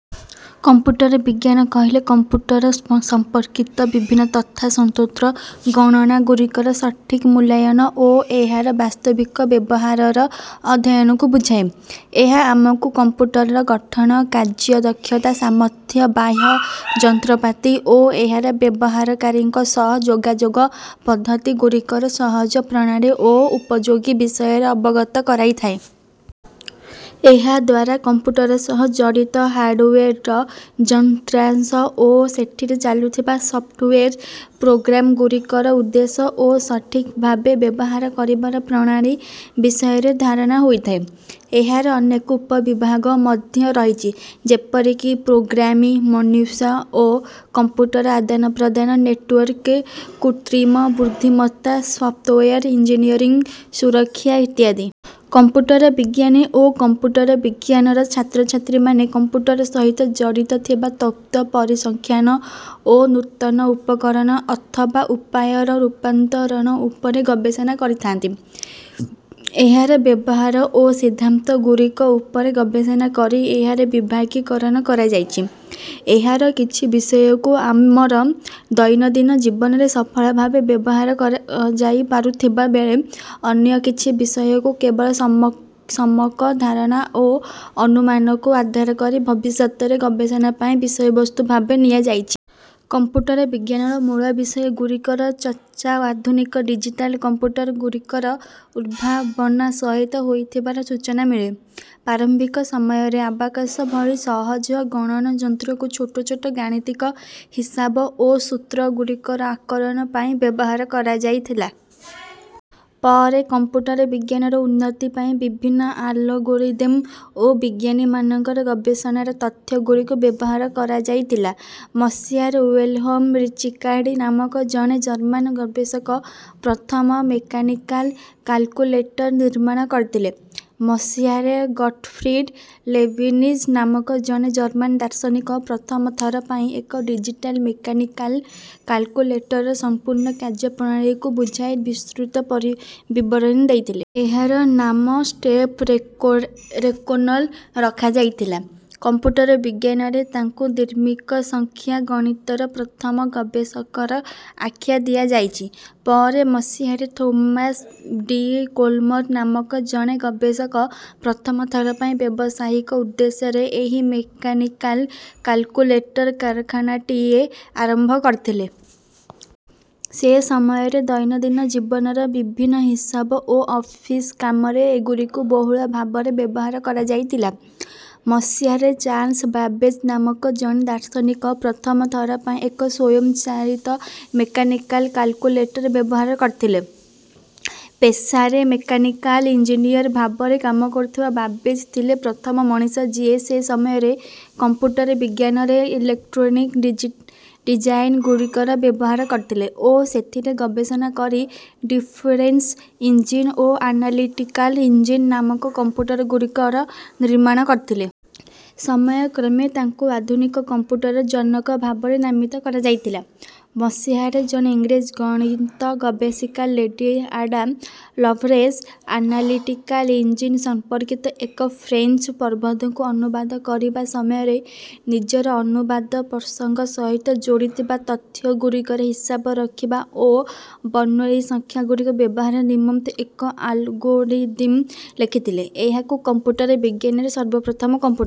Computer ବିଜ୍ଞାନ କହିଲେ computer ସମ୍ପର୍କିତ ବିଭିନ୍ନ ତଥା ସ୍ୱତନ୍ତ୍ର ଗଣନା ଗୁଡ଼ିକର ସଠିକ ମୂଲ୍ୟାୟନ ଓ ଏହାର ବାସ୍ତବିକ ବ୍ୟବହାରର ଅଧ୍ୟୟନକୁ ବୁଝାଏ। ଏହା ଆମକୁ କମ୍ପ୍ୟୁଟରର ଗଠନ, କାର୍ଯ୍ୟ ଦକ୍ଷତା, ସାମର୍ଥ୍ୟ, ବାହ୍ୟ ଯନ୍ତ୍ରପାତି ଓ ଏହାର ବ୍ୟବହାରକାରୀଙ୍କ ସହ ଯୋଗାଯୋଗ ପଦ୍ଧତି ଗୁଡ଼ିକର ସହଜ ପ୍ରଣାଳୀ ଓ ଉପଯୋଗିତା ବିଷୟରେ ଅବଗତ କରାଇଥାଏ। ଏହାଦ୍ୱାରା କମ୍ପ୍ୟୁଟର ସହ ଜଡ଼ିତ ହାର୍ଡୱେର ଯନ୍ତ୍ରାଂଶ ଓ ସେଥିରେ ଚାଲୁଥିବା ସଫ୍ଟୱେର ପ୍ରୋଗ୍ରାମଗୁଡ଼ିକର ଉଦ୍ଦେଶ୍ୟ ଓ ସଠିକ ଭାବେ ବ୍ୟବହାର କରିବାର ପ୍ରଣାଳୀ ବିଷୟରେ ଧାରଣା ହୋଇଥାଏ। ଏହାର ଅନେକ ଉପ ବିଭାଗ ମଧ୍ୟ ରହିଛି, ଯେପରିକି ପ୍ରୋଗ୍ରାମିଂ, ମନୁଷ୍ୟ ଓ କମ୍ପ୍ୟୁଟର ଆଦାନ ପ୍ରଦାନ, ନେଟୱର୍କିଂ, କୃତ୍ରିମ ବୁଦ୍ଧିମତ୍ତା, ସଫ୍ଟୱେର ଇଞ୍ଜିନିୟରିଂ, ସୁରକ୍ଷା ଇତ୍ୟାଦି। କମ୍ପ୍ୟୁଟର ବିଜ୍ଞାନୀ ଓ କମ୍ପ୍ୟୁଟର ବିଜ୍ଞାନର ଛାତ୍ରଛାତ୍ରୀମାନେ କମ୍ପ୍ୟୁଟର ସହିତ ଜଡ଼ିତ ଥିବା ତତ୍ତ୍ୱ, ପରିସଂଖ୍ୟାନ ଓ ନୂତନ ଉପକରଣ ଅଥବା ଉପାୟର ରୂପାନ୍ତରଣ ଉପରେ ଗବେଷଣା କରିଥାନ୍ତି। ଏହାର ବ୍ୟବହାର ଓ ସିଦ୍ଧାନ୍ତ ଗୁଡ଼ିକ ଉପରେ ଗବେଷଣା କରି ଏହାର ବିଭାଗୀକରଣ କରାଯାଇଛି। ଏହାର କିଛି ବିଷୟକୁ ଆମର ଦୈନନ୍ଦିନ ଜୀବନରେ ସଫଳ ଭାବେ ବ୍ୟବହାର କରାଯାଇପାରୁଥିବା ବେଳେ, ଅନ୍ୟ କିଛି ବିଷୟକୁ କେବଳ ସମ୍ୟକ ଧାରଣା ଓ ଅନୁମାନକୁ ଆଧାର କରି ଭବିଷ୍ୟତରେ ଗବେଷଣା ପାଇଁ ବିଷୟବସ୍ତୁ ଭାବରେ ନିଆଯାଉଛି। କମ୍ପ୍ୟୁଟର ବିଜ୍ଞାନର ମୂଳ ବିଷୟ ଗୁଡ଼ିକର ଚର୍ଚ୍ଛା, ଆଧୁନିକ ଡିଜିଟାଲ କମ୍ପ୍ୟୁଟର ଗୁଡ଼ିକର ଉଦ୍ଭାବନ ସହିତ ହୋଇଥିବାର ସୂଚନା ମିଳେ। ପ୍ରାରମ୍ଭିକ ସମୟରେ ଆବାକସ ଭଳି ସହଜ ଗଣନ ଯନ୍ତ୍ରକୁ ଛୋଟ ଛୋଟ ଗାଣିତିକ ହିସାବ ଓ ସୂତ୍ର ଗୁଡ଼ିକର ଆକଳନ ପାଇଁ ବ୍ୟବହାର କରାଯାଉଥିଲା। ପରେ କମ୍ପ୍ୟୁଟର ବିଜ୍ଞାନର ଉନ୍ନତି ପାଇଁ ବିଭିନ୍ନ ଆଲଗୋରିଦିମ ଓ ବିଜ୍ଞାନୀମାନଙ୍କର ଗବେଷଣାର ତଥ୍ୟ ଗୁଡ଼ିକୁ ବ୍ୟବହାର କରାଯାଇଥିଲା। ମସିହାରେ ୱିଲହେମ ଚିକାର୍ଡ ନାମକ ଜଣେ ଜର୍ମାନ ଗବେଷକ ପ୍ରଥମ ମେକାନିକାଲ କାଲକୁଲେଟର ନିର୍ମାଣ କରିଥିଲେ। ମସିହାରେ ଗଟଫ୍ରିଡ ଲେବିନିଜ ନାମକ ଜଣେ ଜର୍ମାନ ଦାର୍ଶନିକ ପ୍ରଥମ ଥର ପାଇଁ ଏକ ଡିଜିଟାଲ ମେକାନିକାଲ କାଲକୁଲେଟରର ସମ୍ପୂର୍ଣ୍ଣ କାର୍ଯ୍ୟ ପ୍ରଣାଳୀକୁ ବୁଝାଇ ବିସ୍ତୃତ ବିବରଣୀ ଦେଇଥିଲେ। ଏହାର ନାମ ଷ୍ଟେପ ରେକୋନର ରଖାଯାଇଥିଲା। କମ୍ପ୍ୟୁଟର ବିଜ୍ଞାନରେ ତାଙ୍କୁ ଦ୍ୱିମିକ ସଂଖ୍ୟା ଗଣିତର ପ୍ରଥମ ଗବେଷକର ଆଖ୍ୟା ଦିଆଯାଇଛି। ପରେ ମସିହାରେ ଥୋମାସ ଡି କୋଲମର ନାମକ ଜଣେ ଗବେଷକ ପ୍ରଥମ ଥର ପାଇଁ ବ୍ୟବସାୟିକ ଉଦ୍ଦେଶ୍ୟରେ ଏହି ମେକାନିକାଲ କାଲକୁଲେଟର କାରଖାନାଟିଏ ଆରମ୍ଭ କରିଥିଲେ। ସେ ସମୟରେ ଦୈନନ୍ଦିନ ଜୀବନର ବିଭିନ୍ନ ହିସାବ ଓ ଅଫିସ କାମରେ ଏଗୁଡ଼ିକୁ ବହୁଳ ଭାବରେ ବ୍ୟବହାର କରାଯାଉଥିଲା। ମସିହାରେ ଚାର୍ଲ୍ସ ବାବେଜ ନାମକ ଜଣେ ଦାର୍ଶନିକ ପ୍ରଥମ ଥର ପାଇଁ ଏକ ସ୍ୱୟଂଚାଳିତ ମେକାନିକାଲ କାଲକୁଲେଟର ବ୍ୟବହାର କରିଥିଲେ। ପେସାରେ ମେକାନିକାଲ ଇଞ୍ଜିନିୟର ଭାବରେ କାମ କରୁଥିବା ବାବେଜ ଥିଲେ ପ୍ରଥମ ମଣିଷ, ଯିଏ ସେ ସମୟରେ କମ୍ପ୍ୟୁଟର ବିଜ୍ଞାନରେ ଇଲେକ୍ଟ୍ରୋନିକ ଡିଜାଇନ ଗୁଡ଼ିକର ବ୍ୟବହାର କରିଥିଲେ ଓ ସେଥିରେ ଗବେଷଣା କରି ଡିଫରେନ୍ସ ଇଞ୍ଜିନ ଓ ଆନାଲିଟିକାଲ ଇଞ୍ଜିନ ନାମକ କମ୍ପ୍ୟୁଟର ଗୁଡ଼ିକର ନିର୍ମାଣ କରିଥିଲେ। ସମୟ କ୍ରମେ ତାଙ୍କୁ ଆଧୁନିକ କମ୍ପ୍ୟୁଟରର ଜନକ ଭାବରେ ନାମିତ କରାଯାଇଥିଲା। ମସିହାରେ ଜଣେ ଇଂରେଜ ଗଣିତ ଗବେଷିକା lady Ada Lovelace, analytical engine ସମ୍ପର୍କିତ ଏକ ଫ୍ରେଞ୍ଚ ପ୍ରବନ୍ଧକୁ ଅନୁବାଦ କରିବା ସମୟରେ ନିଜର ଅନୁବାଦ ପ୍ରସଙ୍ଗ ସହିତ ଯୋଡ଼ିଥିବା ତଥ୍ୟ ଗୁଡ଼ିକର ହିସାବ ରଖିବା ଓ ବର୍ଣ୍ଣୋଲି ସଂଖ୍ୟା ଗୁଡ଼ିକର ବ୍ୟବହାର ନିମନ୍ତେ ଏକ ଆଲଗୋରିଦିମ ଲେଖିଥିଲେ। ଏହାକୁ କମ୍ପ୍ୟୁଟର ବିଜ୍ଞାନରେ ସର୍ବପ୍ରଥମ କମ୍ପ୍ୟୁଟର